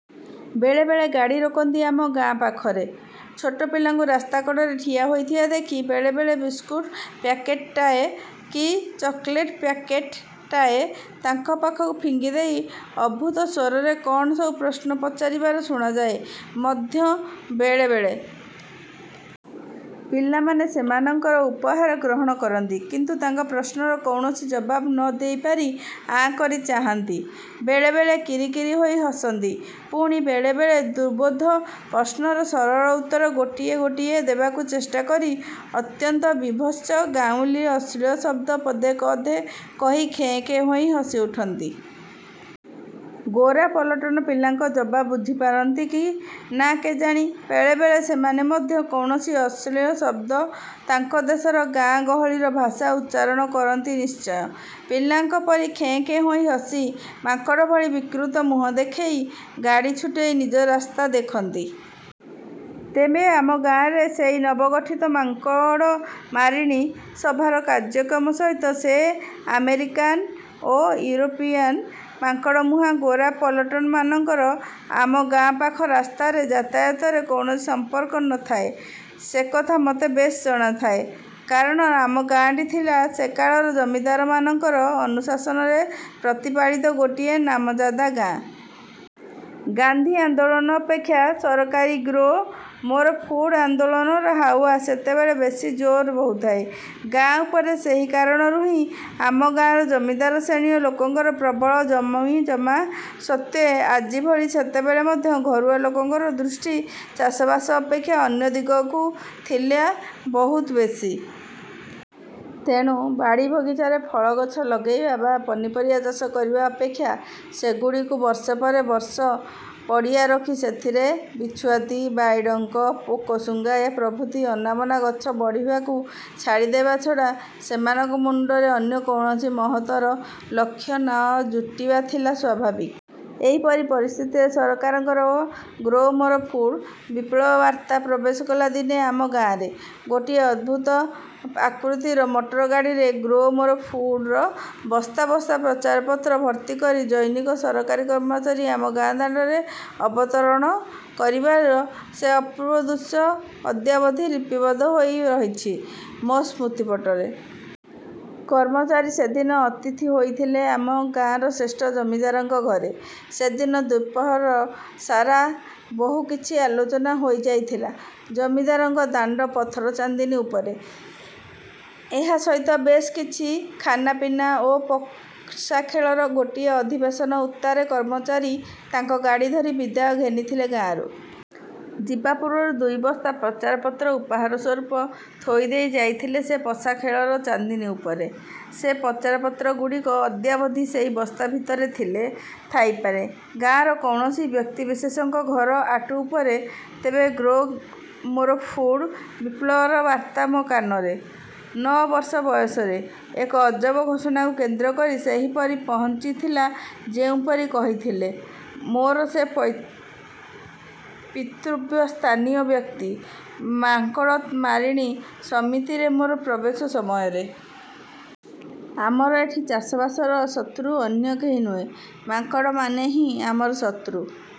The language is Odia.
ବେଳେ ବେଳେ ଗାଡ଼ି ରୋକନ୍ତି ଆମ ଗାଁ ପାଖରେ। ଛୋଟ ପିଲାଙ୍କୁ ରାସ୍ତା କଡ଼ରେ ଠିଆ ହୋଇଥିବା ଦେଖି ବେଳେ ବେଳେ ବିସ୍କୁଟ ପ୍ୟାକେଟଟାଏ କି ଚକୋଲେଟ ପ୍ୟାକେଟଟାଏ ତାଙ୍କ ପାଖକୁ ଫିଙ୍ଗିଦେଇ ଅଦ୍ଭୁତ ସ୍ୱରରେ କ'ଣ ସବୁ ପ୍ରଶ୍ନ ପଚାରିବାର ଶୁଣାଯାଏ ମଧ୍ୟ ବେଳେ ବେଳେ। ପିଲାମାନେ ସେମାନଙ୍କର ଉପହାର ଗ୍ରହଣ କରନ୍ତି। କିନ୍ତୁ ତାଙ୍କ ପ୍ରଶ୍ନର କୌଣସି ଜବାବ ନ ଦେଇପାରି ଆଁ କରି ଚାହାନ୍ତି। ବେଳେ ବେଳେ କିରିକିରି ହୋଇ ହସନ୍ତି। ପୁଣି ବେଳେ ବେଳେ ଦୁର୍ବୋଧ୍ୟ ପ୍ରଶ୍ନର ସରଳ ଉତ୍ତର ଗୋଟିଏ ଗୋଟିଏ ଦେବାକୁ ଚେଷ୍ଟା କରି ଅତ୍ୟନ୍ତ ବୀଭତ୍ସ ଗାଉଁଲୀ ଅଶ୍ଳୀଳ ଶବ୍ଦ ପଦେ ଅଧେ କହି ଖେଁ ଖେଁ ହୋଇ ହସିଉଠନ୍ତି। ଗୋରା ପଲଟନ ପିଲାଙ୍କ ଜବାବ ବୁଝିପାରନ୍ତି କି ନା କେଜାଣି। ବେଳେ ବେଳେ ସେମାନେ ମଧ୍ୟ କୌଣସି ଅଶ୍ଳୀଳ ଶବ୍ଦ, ତାଙ୍କ ଦେଶର ଗାଁ ଗହଳିର ଭାଷା ଉଚ୍ଚାରଣ କରନ୍ତି ନିଶ୍ଚୟ। ପିଲାଙ୍କ ପରି ଖେଁ ଖେଁ ହୋଇ ହସି, ମାଙ୍କଡ଼ ଭଳି ବିକୃତ ମୁହଁ ଦେଖେଇ, ଗାଡ଼ି ଛୁଟେଇ ନିଜ ରାସ୍ତା ଦେଖନ୍ତି। ତେବେ ଆମ ଗାଁରେ ସେଇ ନବଗଠିତ ମାଙ୍କଡ଼ମାରିଣୀ ସଭାର କାର୍ଯ୍ୟକ୍ରମ ସହିତ ସେ ଆମେରିକାନ ବା ୟୁରୋପିଆନ ମାଙ୍କଡ଼ମୁହାଁ ଗୋରା ପଲଟନମାନଙ୍କର ଆମ ଗାଁ ପାଖ ରାସ୍ତାରେ ଯାତାୟାତରେ କୌଣସି ସମ୍ପର୍କ ନ ଥାଏ, ସେକଥା ମତେ ବେଶ୍ ଜଣାଥାଏ। କାରଣ ଆମ ଗାଁଟି ଥିଲା ସେ କାଳର ଜମିଦାରମାନଙ୍କର ଅନୁଶାସନରେ ପ୍ରତିପାଳିତ ଗୋଟିଏ ନାମଜାଦା ଗାଁ। ଗାନ୍ଧୀ ଆନ୍ଦୋଳନ ଅପେକ୍ଷା ସରକାରୀ ଗ୍ରୋ ମୋର ଫୁଡ ଆନ୍ଦୋଳନର ହାୱା ସେତେବେଳେ ବେଶି ଜୋର ବହୁଥାଏ ଗାଁ ଉପରେ ସେହି କାରଣରୁ ହିଁ। ଆମ ଗାଁର ଜମିଦାର ଶ୍ରେଣୀର ଲୋକଙ୍କର ପ୍ରବଳ ଜମିଜମା ସତ୍ତ୍ୱେ ଆଜି ଭଳି ସେତେବେଳେ ମଧ୍ୟ ଘରୁଆ ଲୋକଙ୍କର ଦୃଷ୍ଟି ଚାଷବାସ ଅପେକ୍ଷା ଅନ୍ୟ ଦିଗକୁ ଥିଲା ବହୁତ ବେଶି। ତେଣୁ ବାଡ଼ିବଗିଚାରେ ଫଳଗଛ ଲଗେଇବା ବା ପନିପରିବା ଚାଷ କରିବା ଅପେକ୍ଷା ସେଗୁଡ଼ିକୁ ବର୍ଷ ପରେ ବର୍ଷ ପଡ଼ିଆ ରଖି ସେଥିରେ ବିଛୁଆତି, ବାଇଡ଼ଙ୍କ, ପୋକଶୁଙ୍ଗା ପ୍ରଭୃତି ଅନାବନା ଗଛ ବଢ଼ିବାକୁ ଛାଡ଼ିଦେବା ଛଡ଼ା ସେମାନଙ୍କ ମୁଣ୍ଡକୁ ଅନ୍ୟ କୌଣସି ମହତ୍ତର ଲକ୍ଷ୍ୟ ନ ଯୁଟିବା ଥିଲା ସ୍ୱାଭାବିକ। ଏହିପରି ପରିସ୍ଥିତିରେ ସରକାରଙ୍କର 'ଗ୍ରୋ ମୋର ଫୁଡ' ବିପ୍ଳବ ବାର୍ତ୍ତା ପ୍ରବେଶ କଲା ଦିନେ ଆମ ଗାଁରେ। ଗୋଟିଏ ଅଦ୍ଭୁତ ଆକୃତିର ମଟରଗାଡ଼ିରେ 'ଗ୍ରୋ ମୋର ଫୁଡ'ର ବସ୍ତା ବସ୍ତା ପ୍ରଚାରପତ୍ର ଭର୍ତ୍ତି କରି ଜନୈକ ସରକାରୀ କର୍ମଚାରୀ ଆମ ଗାଁ ଦାଣ୍ଡରେ ଅବତରଣ କରିବାର ସେ ଅପୂର୍ବ ଦୃଶ୍ୟ ଅଦ୍ୟାବଧି ଲିପିବଦ୍ଧ ହୋଇ ରହିଛି ମୋ ସ୍ମୃତିପଟରେ। କର୍ମଚାରୀ ସେଦିନ ଅତିଥି ହୋଇଥିଲେ ଆମ ଗାଁର ଶ୍ରେଷ୍ଠ ଜମିଦାରଙ୍କ ଘରେ। ସେଦିନ ଦ୍ୱିପ୍ରହର ସାରା ବହୁ କିଛି ଆଲୋଚନା ହୋଇଯାଇଥିଲା ଜମିଦାରଙ୍କ ଦାଣ୍ଡ ପଥରଚାନ୍ଦିନୀ ଉପରେ। ଏହା ସହିତ ବେଶ୍ କିଛି ଖାନାପିନା ଓ ପଶାଖେଳର ଗୋଟିଏ ଅଧିବେଶନ ଉତ୍ତାରେ କର୍ମଚାରୀ ତାଙ୍କ ଗାଡ଼ି ଧରି ବିଦାୟ ଘେନିଥିଲେ ଗାଁରୁ। ଯିବା ପୂର୍ବରୁ ଦୁଇ ବସ୍ତା ପ୍ରଚାରପତ୍ର ଉପହାର ସ୍ୱରୂପ ଥୋଇଦେଇ ଯାଇଥିଲେ ସେ ପଶାଖେଳର ଚାନ୍ଦିନୀ ଉପରେ। ସେ ପ୍ରଚାରପତ୍ରଗୁଡ଼ିକ ଅଦ୍ୟାବଧି ସେଇ ବସ୍ତା ଭିତରେ ଥିଲେ ଥାଇପାରେ ଗାଁର କୌଣସି ବ୍ୟକ୍ତିବିଶେଷଙ୍କ ଘର ଆଟୁ ଉପରେ। ତେବେ 'ଗ୍ରୋ ମୋର ଫୁଡ' ବିପ୍ଳବର ବାର୍ତ୍ତା ମୋ କାନରେ, ନଅ ବର୍ଷ ବୟସରେ, ଏକ ଅଜବ ଘୋଷଣାକୁ କେନ୍ଦ୍ର କରି ସେହିପରି ପହଞ୍ଚିଥିଲା ଯେଉଁପରି କହିଥିଲେ ମୋର ସେ ପିତୃବ୍ୟ ସ୍ଥାନୀୟ ବ୍ୟକ୍ତି, ମାଙ୍କଡ଼ମାରିଣୀ ସମିତିରେ ମୋର ପ୍ରବେଶ ସମୟରେ। ଆମର ଏଠି ଚାଷବାସର ଶତ୍ରୁ ଅନ୍ୟ କେହି ନୁହେଁ, ମାଙ୍କଡ଼ମାନେ ହିଁ ଆମର ଶତ୍ରୁ।